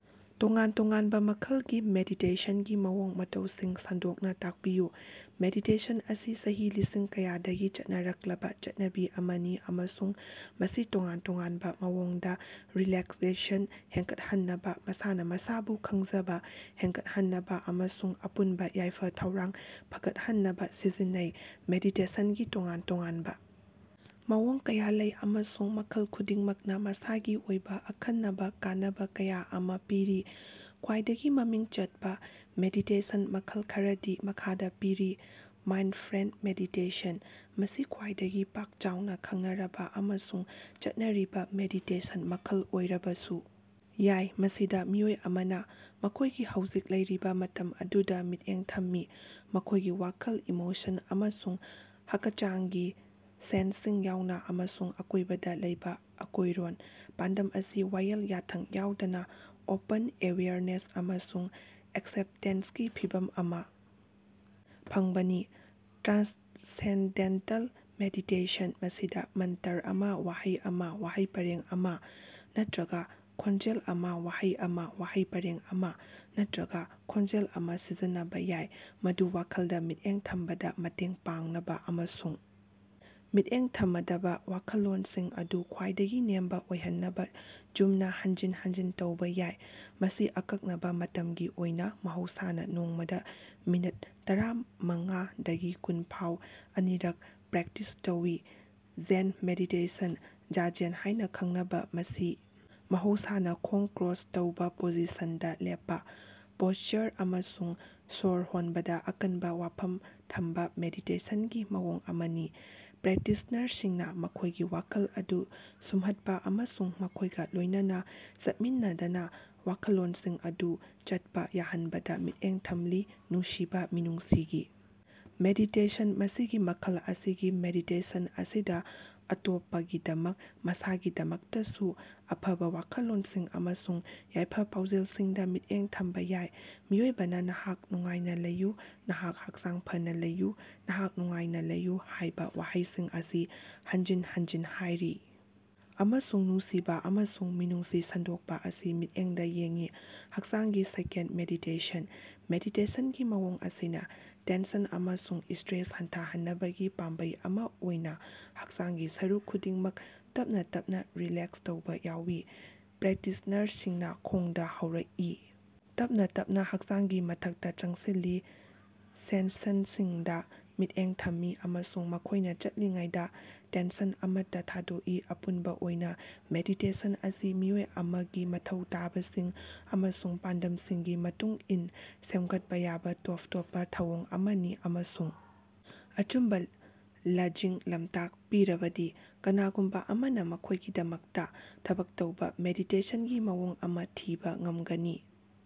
ꯇꯣꯉꯥꯟ-ꯇꯣꯉꯥꯟꯕ ꯃꯈꯜꯒꯤ ꯃꯦꯗꯤꯇꯦꯁꯟꯒꯤ ꯃꯑꯣꯡ-ꯃꯇꯧꯁꯤꯡ ꯁꯟꯗꯣꯛꯅ‌ ꯇꯥꯛꯄꯤꯌꯨ꯫ ꯃꯦꯗꯤꯇꯦꯁꯟ ꯑꯁꯤ ꯆꯍꯤ ꯂꯤꯁꯤꯡ ꯀꯌꯥꯗꯒꯤ ꯆꯠꯅꯔꯛꯂꯕ‌ ꯆꯠꯅꯕꯤ ꯑꯃꯅꯤ ꯑꯃꯁꯨꯡ ꯃꯁꯤ ꯇꯣꯉꯥꯟ ꯇꯣꯉꯥꯟꯕ ꯃꯑꯣꯡꯗ ꯔꯤꯂꯦꯛꯁꯦꯁꯟ ꯍꯦꯟꯒꯠꯍꯟꯅꯕ, ꯃꯁꯥꯅ ꯃꯁꯥꯕꯨ ꯈꯪꯖꯕ ꯍꯦꯟꯒꯠꯍꯟꯅꯕ ꯑꯃꯁꯨꯡ ꯑꯄꯨꯟꯕ ꯌꯥꯏꯐ-ꯊꯧꯔꯥꯡ ꯐꯒꯠꯍꯟꯅꯕ ꯁꯤꯖꯤꯟꯅꯩ꯫ ꯃꯦꯗꯤꯇꯦꯁꯟꯒꯤ ꯇꯣꯉꯥꯟ ꯇꯣꯉꯥꯟꯕ ꯃꯑꯣꯡ ꯀꯌꯥ ꯂꯩ, ꯑꯃꯁꯨꯡ ꯃꯈꯜ ꯈꯨꯗꯤꯡꯃꯛꯅ ꯃꯁꯥꯒꯤ ꯑꯣꯏꯕ ꯑꯈꯟꯅꯕ ꯀꯥꯟꯅꯕ ꯀꯌꯥ ꯑꯃ ꯄꯤꯔꯤ꯫ ꯈ꯭ꯋꯥꯏꯗꯒꯤ ꯃꯃꯤꯡ ꯆꯠꯄ ꯃꯦꯗꯤꯇꯦꯁꯟ ꯃꯈꯜ ꯈꯔꯗꯤ ꯃꯈꯥꯗ ꯄꯤꯔꯤ ꯃꯥꯏꯟꯗꯐ꯭ꯔꯦꯟꯗ ꯃꯦꯗꯤꯇꯦꯁꯟ - ꯃꯁꯤ ꯈ꯭ꯋꯥꯏꯗꯒꯤ ꯄꯥꯛ-ꯆꯥꯎꯅ ꯈꯪꯅꯔꯕ ꯑꯃꯁꯨꯡ ꯆꯠꯅꯔꯤꯕ ꯃꯦꯗꯤꯇꯦꯁꯟ ꯃꯈꯜ ꯑꯣꯏꯔꯕꯁꯨ ꯌꯥꯏ, ꯃꯁꯤꯗ ꯃꯤꯑꯣꯏ ꯑꯃꯅ ꯃꯈꯣꯏꯒꯤ ꯍꯧꯖꯤꯛ ꯂꯩꯔꯤꯕ ꯃꯇꯝ ꯑꯗꯨꯗ ꯃꯤꯠꯌꯦꯡ ꯊꯝꯃꯤ, ꯃꯈꯣꯏꯒꯤ ꯋꯥꯈꯜ, ꯏꯃꯣꯁꯟ ꯑꯃꯁꯨꯡ ꯍꯀꯆꯥꯡꯒꯤ ꯁꯦꯟ꯭ꯁꯟꯁꯤꯡ ꯌꯥꯎꯅ, ꯑꯃꯁꯨꯡ ꯑꯀꯣꯏꯕꯗ ꯂꯩꯕ ꯑꯀꯣꯏꯔꯣꯟ꯫ ꯄꯥꯟꯗꯝ ꯑꯁꯤ ꯋꯥꯌꯦꯜ ꯌꯥꯊꯪ ꯌꯥꯎꯗꯅ ꯑꯣꯄꯟ ꯑꯦꯋꯦꯌꯔꯅꯦꯁ ꯑꯃꯁꯨꯡ ꯑꯦꯛꯁꯦꯞꯇꯦꯟꯁꯀꯤ ꯐꯤꯚꯝ ꯑꯃ ꯐꯪꯕꯅꯤ꯫ ꯇ꯭ꯔꯥꯟꯁꯦꯟꯗꯦꯟꯇꯜ ꯃꯦꯗꯤꯇꯦꯁꯟ - ꯃꯁꯤꯗ ꯃꯟꯇꯔ ꯑꯃ – ꯋꯥꯍꯩ ꯑꯃ, ꯋꯥꯍꯩ ꯄꯔꯦꯡ ꯑꯃ ꯅꯠꯇꯔꯒ ꯈꯣꯟꯖꯦꯜ ꯑꯃ -ꯋꯥꯍꯩ ꯑꯃ, ꯋꯥꯍꯩ ꯄꯥꯔꯦꯡ ꯑꯃ ꯅꯠꯇꯔꯒ ꯈꯣꯟꯖꯦꯜ ꯑꯃ ꯁꯤꯖꯤꯟꯅꯕ ꯌꯥꯏ, ꯃꯗꯨ ꯋꯥꯈꯜꯗ ꯃꯤꯠꯌꯦꯡ ꯊꯝꯕꯗ ꯃꯇꯦꯡ ꯄꯥꯡꯅꯕ ꯑꯃꯁꯨꯡ ꯃꯤꯠꯌꯦꯡ ꯊꯃꯗꯕ ꯋꯥꯈꯜꯂꯣꯟꯁꯤꯡ ꯑꯗꯨ ꯈ꯭ꯋꯥꯏꯗꯒꯤ ꯅꯦꯝꯕ‌ ꯑꯣꯏꯍꯟꯅꯕ ꯆꯨꯝꯅ ꯍꯟꯖꯤꯟ ꯍꯟꯖꯤꯟ ꯇꯧꯕ ꯌꯥꯏ꯫ ꯃꯁꯤ ꯑꯀꯛꯅꯕ ꯃꯇꯝꯒꯤ ꯑꯣꯏꯅ, ꯃꯍꯧꯁꯥꯅ ꯅꯣꯡꯃꯗ ꯃꯤꯅꯠ ꯇꯔꯥꯃꯪꯉꯥ ꯗꯒꯤ ꯀꯨꯟ ꯐꯥꯎ ꯑꯅꯤꯔꯛ ꯄ꯭ꯔꯦꯛꯇꯤꯁ ꯇꯧꯏ꯫ ꯖꯦꯟ ꯃꯦꯗꯤꯇꯦꯁꯟ - ꯖꯥꯖꯦꯟ ꯍꯥꯏꯅ ꯈꯪꯅꯕ ꯃꯁꯤ ꯃꯍꯧꯁꯥꯅ ꯈꯣꯡ ꯀ꯭ꯔꯣꯁ ꯇꯧꯕ ꯄꯣꯖꯤꯁꯟꯗ ꯂꯦꯞꯄ, ꯄꯣꯁꯆꯔ ꯑꯃꯁꯨꯡ ꯁꯣꯔ ꯍꯣꯟꯕꯗ ꯑꯀꯟꯕ ꯋꯥꯐꯝ ꯊꯝꯕ ꯃꯦꯗꯤꯇꯦꯁꯟꯒꯤ ꯃꯑꯣꯡ ꯑꯃꯅꯤ꯫ ꯄ꯭ꯔꯦꯛꯇꯤꯁꯅꯔꯁꯤꯡꯅ ꯃꯈꯣꯏꯒꯤ ꯋꯥꯈꯜ ꯑꯗꯨ ꯁꯨꯝꯍꯠꯄ ꯑꯃꯁꯨꯡ ꯃꯈꯣꯏꯒ ꯂꯣꯏꯅꯅ ꯆꯠꯃꯤꯟꯅꯗꯅ ꯋꯥꯈꯜꯂꯣꯟꯁꯤꯡ ꯑꯗꯨ ꯆꯠꯄ ꯌꯥꯍꯟꯕꯗ ꯃꯤꯠꯌꯦꯡ ꯊꯝꯂꯤ꯫ ꯅꯨꯡꯁꯤꯕ ꯃꯤꯅꯨꯡꯁꯤꯒꯤ ꯃꯦꯗꯤꯇꯦꯁꯟ - ꯃꯁꯤꯒꯤ ꯃꯈꯜ ꯑꯁꯤꯒꯤ ꯃꯦꯗꯤꯇꯦꯁꯟ ꯑꯁꯤꯗ ꯑꯇꯣꯞꯄꯒꯤꯗꯃꯛ, ꯃꯁꯥꯒꯤꯗꯃꯛꯇꯁꯨ ꯑꯐꯕ ꯋꯥꯈꯜꯂꯣꯟꯁꯤꯡ ꯑꯃꯁꯨꯡ ꯌꯥꯏꯐ-ꯄꯥꯎꯖꯦꯜꯁꯤꯡꯗ ꯃꯤꯠꯌꯦꯡ ꯊꯝꯕ ꯌꯥꯏ꯫ ꯃꯤꯑꯣꯏꯕꯅ ꯅꯍꯥꯛ ꯅꯨꯡꯉꯥꯏꯅ ꯂꯩꯌꯨ, ꯅꯍꯥꯛ ꯍꯛꯆꯥꯡ ꯐꯅ ꯂꯩꯌꯨ, ꯅꯍꯥꯛ ꯅꯨꯡꯉꯥꯏꯅ ꯂꯩꯌꯨ‌ ꯍꯥꯏꯕ ꯋꯥꯍꯩꯁꯤꯡ ꯑꯁꯤ ꯍꯟꯖꯤꯟ ꯍꯟꯖꯤꯟ ꯍꯥꯏꯔꯤ ꯑꯃꯁꯨꯡ ꯅꯨꯡꯁꯤꯕ ꯑꯃꯁꯨꯡ ꯃꯤꯅꯨꯡꯁꯤ ꯁꯟꯗꯣꯛꯄ ꯑꯁꯤ ꯃꯤꯠꯌꯦꯡꯗ ꯌꯦꯡꯏ꯫ ꯍꯛꯆꯥꯡꯒꯤ ꯁ꯭ꯀꯦꯟ ꯃꯦꯗꯤꯇꯦꯁꯟ - ꯃꯦꯗꯤꯇꯦꯁꯟꯒꯤ ꯃꯑꯣꯡ ꯑꯁꯤꯅ ꯇꯦꯟꯁꯟ ꯑꯃꯁꯨꯡ ꯁ꯭ꯇꯔꯦꯁ ꯍꯟꯊꯍꯟꯅꯕꯒꯤ ꯄꯥꯝꯕꯩ ꯑꯃ ꯑꯣꯏꯅ ꯍꯛꯆꯥꯡꯒꯤ ꯁꯔꯨꯛ ꯈꯨꯗꯤꯡꯃꯛ ꯇꯞꯅ ꯇꯞꯅ ꯔꯤꯂꯦꯛꯁ ꯇꯧꯕ ꯌꯥꯎꯏ꯫ ꯄ꯭ꯔꯦꯛꯇꯤꯁꯅꯔꯁꯤꯡꯅ ꯈꯣꯡꯗ ꯍꯧꯔꯛꯏ, ꯇꯞꯅ ꯇꯞꯅ ꯍꯛꯆꯥꯡꯒꯤ ꯃꯊꯛꯇ ꯆꯪꯁꯤꯜꯂꯤ, ꯁꯦꯟ꯭ꯁꯟꯁꯤꯡꯗ ꯃꯤꯠꯌꯦꯡ ꯊꯝꯃꯤ ꯑꯃꯁꯨꯡ ꯃꯈꯣꯏꯅ ꯆꯠꯂꯤꯉꯩꯗ ꯇꯦꯟꯁꯟ ꯑꯃꯠꯇ ꯊꯥꯗꯣꯛꯏ꯫ ꯑꯄꯨꯟꯕ ꯑꯣꯏꯅ, ꯃꯦꯗꯤꯇꯦꯁꯟ ꯑꯁꯤ ꯃꯤꯑꯣꯏ ꯑꯃꯒꯤ ꯃꯊꯧ ꯇꯥꯕꯁꯤꯡ ꯑꯃꯁꯨꯡ ꯄꯥꯟꯗꯝꯁꯤꯡꯒꯤ ꯃꯇꯨꯡ ꯏꯟ ꯁꯦꯝꯒꯠꯄ‌ ꯌꯥꯕ ꯇꯣꯞ ꯇꯣꯞꯄ ꯊꯧꯑꯣꯡ ꯑꯃꯅꯤ ꯑꯃꯁꯨꯡ ꯑꯆꯨꯝꯕ ꯂꯖꯤꯡ-ꯂꯝꯇꯥꯛ ꯄꯤꯔꯕꯗꯤ ꯀꯅꯥꯒꯨꯝꯕ ꯑꯃꯅ ꯃꯈꯣꯏꯒꯤꯗꯃꯛꯇ ꯊꯕꯛ ꯇꯧꯕ ꯃꯦꯗꯤꯇꯦꯁꯟꯒꯤ ꯃꯑꯣꯡ ꯑꯃ ꯊꯤꯕ ꯉꯝꯒꯅꯤ꯫